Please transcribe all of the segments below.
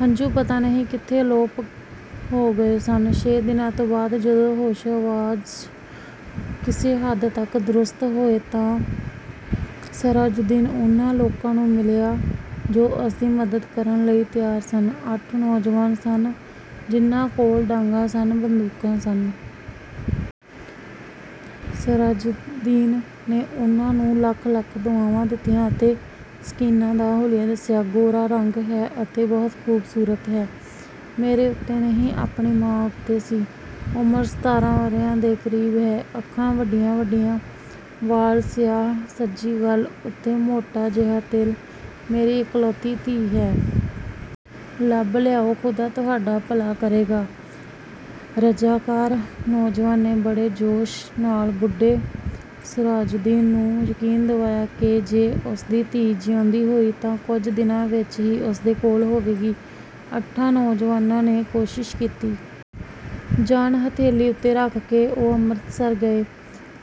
ਹੰਝੂ ਪਤਾ ਨਹੀਂ ਕਿੱਥੇ ਅਲੋਪ ਹੋ ਗਏ ਸਨ। ਛੇ ਦਿਨਾਂ ਬਾਅਦ ਜਦੋਂ ਹੋਸ਼ੋ-ਹਵਾਸ ਕਿਸੇ ਹੱਦ ਤੱਕ ਦਰੁਸਤ ਹੋਏ ਤਾਂ ਸਰਾਜੁਦੀਨ ਉਨ੍ਹਾਂ ਲੋਕਾਂ ਨੂੰ ਮਿਲ਼ਿਆ ਜੋ ਉਸਦੀ ਮਦਦ ਕਰਨ ਲਈ ਤਿਆਰ ਸਨ। ਅੱਠ ਨੌਜਵਾਨ ਸਨ, ਜਿਨ੍ਹਾਂ ਕੋਲ਼ ਡਾਂਗਾਂ ਸਨ, ਬੰਦੂਕਾਂ ਸਨ। ਸਰਾਜੁਦੀਨ ਨੇ ਉਨ੍ਹਾਂ ਨੂੰ ਲੱਖ-ਲੱਖ ਦੁਆਵਾਂ ਦਿੱਤੀਆਂ ਅਤੇ ਸਕੀਨਾ ਦਾ ਹੁਲੀਆ ਦੱਸਿਆ। ਗੋਰਾ ਰੰਗ ਹੈ ਅਤੇ ਬਹੁਤ ਖੂਬਸੂਰਤ ਹੈ। ਮੇਰੇ ਉੱਤੇ ਨਹੀਂ ਆਪਣੇ ਮਾਂ ਉੱਤੇ ਸੀ। ਉਮਰ ਸਤਾਰਾਂ ਵਰ੍ਹਿਆਂ ਦੇ ਕਰੀਬ ਹੈ। ਅੱਖਾਂ ਵੱਡੀਆਂ-ਵੱਡੀਆਂ, ਵਾਲ਼ ਸਿਆਹ, ਸੱਜੀ ਗੱਲ੍ਹ ਉੱਤੇ ਮੋਟਾ ਜਿਹਾ ਤਿਲ, ਮੇਰੀ ਇਕਲੌਤੀ ਧੀ ਹੈ। ਲੱਭ ਲਿਆਓ, ਖੁਦਾ ਤੁਹਾਡਾ ਭਲਾ ਕਰੇਗਾ। ਰਜਾਕਾਰ ਨੌਜਵਾਨ ਨੇ ਬੜੇ ਜੋਸ਼ ਨਾਲ਼ ਬੁੱਢੇ ਸਰਾਜੁਦੀਨ ਨੂੰ ਯਕੀਨ ਦਿਵਾਇਆ ਕਿ ਜੇ ਉਸਦੀ ਧੀ ਜਿਉਂਦੀ ਹੋਈ ਤਾਂ ਕੁੱਝ ਦਿਨਾਂ ਵਿੱਚ ਹੀ ਉਸਦੇ ਕੋਲ਼ ਹੋਵੇਗੀ। ਅੱਠਾਂ ਨੌਜਵਾਨਾਂ ਨੇ ਕੋਸ਼ਿਸ਼ ਕੀਤੀ। ਜਾਨ ਹਥੇਲ਼ੀ ਉੱਤੇ ਰੱਖ ਕੇ ਉਹ ਅੰਮ੍ਰਿਤਸਰ ਗਏ।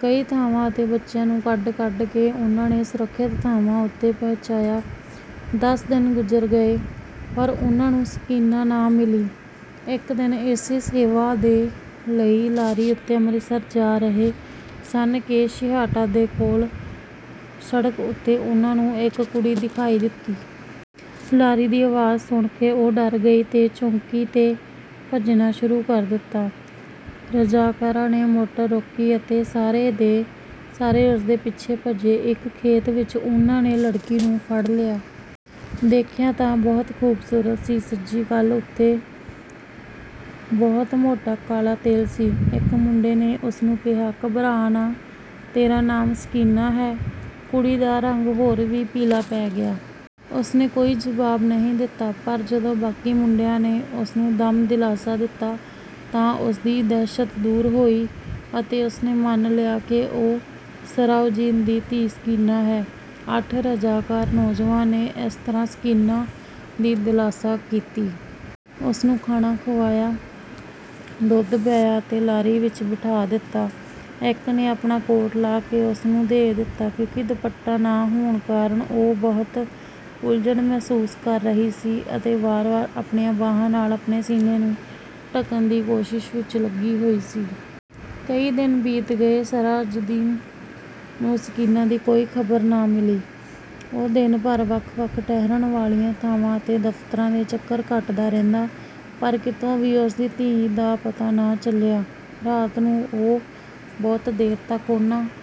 ਕਈ ਥਾਵਾਂ ਅਤੇ ਬੱਚਿਆਂ ਨੂੰ ਕੱਢ-ਕੱਢ ਕੇ ਉਨ੍ਹਾਂ ਨੇ ਸੁਰੱਖਿਅਤ ਥਾਵਾਂ ਉੱਤੇ ਪਹੁੰਚਾਇਆ। ਦਸ ਦਿਨ ਗੁਜ਼ਰ ਗਏ, ਪਰ ਉਹਨਾਂ ਨੂੰ ਸਕੀਨਾ ਨਾ ਮਿਲ਼ੀ। ਇੱਕ ਦਿਨ ਇਸੇ ਸੇਵਾ ਦੇ ਲਈ ਲਾਰੀ ਉੱਤੇ ਅੰਮ੍ਰਿਤਸਰ ਜਾ ਰਹੇ ਸਨ ਕਿ ਛੇਹਰਟਾ ਦੇ ਕੋਲ਼ ਸੜਕ ਉੱਤੇ ਉਨ੍ਹਾਂ ਨੂੰ ਇੱਕ ਕੁੜੀ ਦਿਖਾਈ ਦਿੱਤੀ। ਲਾਰੀ ਦੀ ਅਵਾਜ਼ ਸੁਣ ਕੇ ਉਹ ਡਰ ਕੇ ਚੌਂਕੀ ਤੇ ਭੱਜਣਾ ਸ਼ੁਰੂ ਕਰ ਦਿੱਤਾ। ਰਜਾਕਾਰਾਂ ਨੇ ਮੋਟਰ ਰੋਕੀ ਅਤੇ ਸਾਰੇ ਦੇ ਸਾਰੇ ਉਸਦੇ ਪਿੱਛੇ ਭੱਜੇ। ਇੱਕ ਖੇਤ ਵਿੱਚ ਉਹਨਾਂ ਨੇ ਲੜਕੀ ਨੂੰ ਫੜ ਲਿਆ। ਦੇਖਿਆ ਤਾਂ ਬਹੁਤ ਖੂਬਸੂਰਤ ਸੀ। ਸੱਜੀ ਗੱਲ ਉੱਤੇ ਬਹੁਤ ਮੋਟਾ ਕਾਲ਼ਾ ਤਿਲ ਸੀ। ਇੱਕ ਮੁੰਡੇ ਨੇ ਉਸਨੂੰ ਕਿਹਾ, "ਘਬਰਾ ਨਾ, ਕੀ ਤੇਰਾ ਨਾਮ ਸਕੀਨਾ ਹੈ?" ਕੁੜੀ ਦਾ ਰੰਗ ਹੋਰ ਵੀ ਪੀਲ਼ਾ ਪੈ ਗਿਆ। ਉਸਨੇ ਕੋਈ ਜਵਾਬ ਨਹੀਂ ਦਿੱਤਾ। ਪਰ ਜਦੋਂ ਬਾਕੀ ਮੁੰਡਿਆਂ ਨੇ ਉਸਨੂੰ ਦਮ ਦਿਲਾਸਾ ਦਿੱਤਾ ਤਾਂ ਉਸਦੀ ਦਹਿਸ਼ਤ ਦੂਰ ਹੋਈ ਅਤੇ ਉਸਨੇ ਮੰਨ ਲਿਆ ਕਿ ਉਹ ਸਰਾਜੁਦੀਨ ਦੀ ਧੀ ਸਕੀਨਾ ਹੈ। ਅੱਠ ਰਜਾਕਾਰ ਨੌਜਵਾਨਾਂ ਨੇ ਇਸ ਤਰ੍ਹਾਂ ਸਕੀਨਾ ਦੀ ਦਿਲਾਸਾ ਕੀਤੀ। ਉਸਨੂੰ ਖਾਣਾ ਖੁਆਇਆ, ਦੁੱਧ ਪਿਆਇਆ ਅਤੇ ਲਾਰੀ ਵਿੱਚ ਬਿਠਾ ਦਿੱਤਾ। ਇੱਕ ਨੇ ਆਪਣਾ ਕੋਟ ਲਾਹ ਕੇ ਉਸਨੂੰ ਦੇ ਦਿੱਤਾ, ਕਿਉਂਕਿ ਦੁਪੱਟਾ ਨਾ ਹੋਣ ਕਾਰਨ ਉਹ ਬਹੁਤ ਉਲ਼ਝਣ ਮਹਿਸੂਸ ਕਰ ਰਹੀ ਸੀ ਅਤੇ ਵਾਰ-ਵਾਰ ਆਪਣੀਆਂ ਬਾਹਾਂ ਨਾਲ਼ ਆਪਣੇ ਸੀਨੇ ਨੂੰ ਢਕਣ ਦੀ ਕੋਸ਼ਿਸ਼ ਵਿੱਚ ਲੱਗੀ ਹੋਈ ਸੀ। ਕਈ ਦਿਨ ਬੀਤ ਗਏ, ਸਰਾਜੁਦੀਨ ਨੂੰ ਸਕੀਨਾ ਦੀ ਕੋਈ ਖ਼ਬਰ ਨਾ ਮਿਲ਼ੀ। ਉਹ ਦਿਨ ਭਰ ਵੱਖ-ਵੱਖ ਠਹਿਰਨ ਵਾਲੀਆਂ ਥਾਵਾਂ ਅਤੇ ਦਫ਼ਤਰਾਂ ਦੇ ਚੱਕਰ ਕੱਟਦਾ ਰਹਿੰਦਾ, ਪਰ ਕਿਤੋਂ ਵੀ ਉਸਦੀ ਧੀ ਦਾ ਪਤਾ ਨਾ ਚੱਲਿਆ। ਰਾਤ ਨੂੰ ਉਹ ਬਹੁਤ ਦੇਰ ਤੱਕ ਉਨ੍ਹਾਂ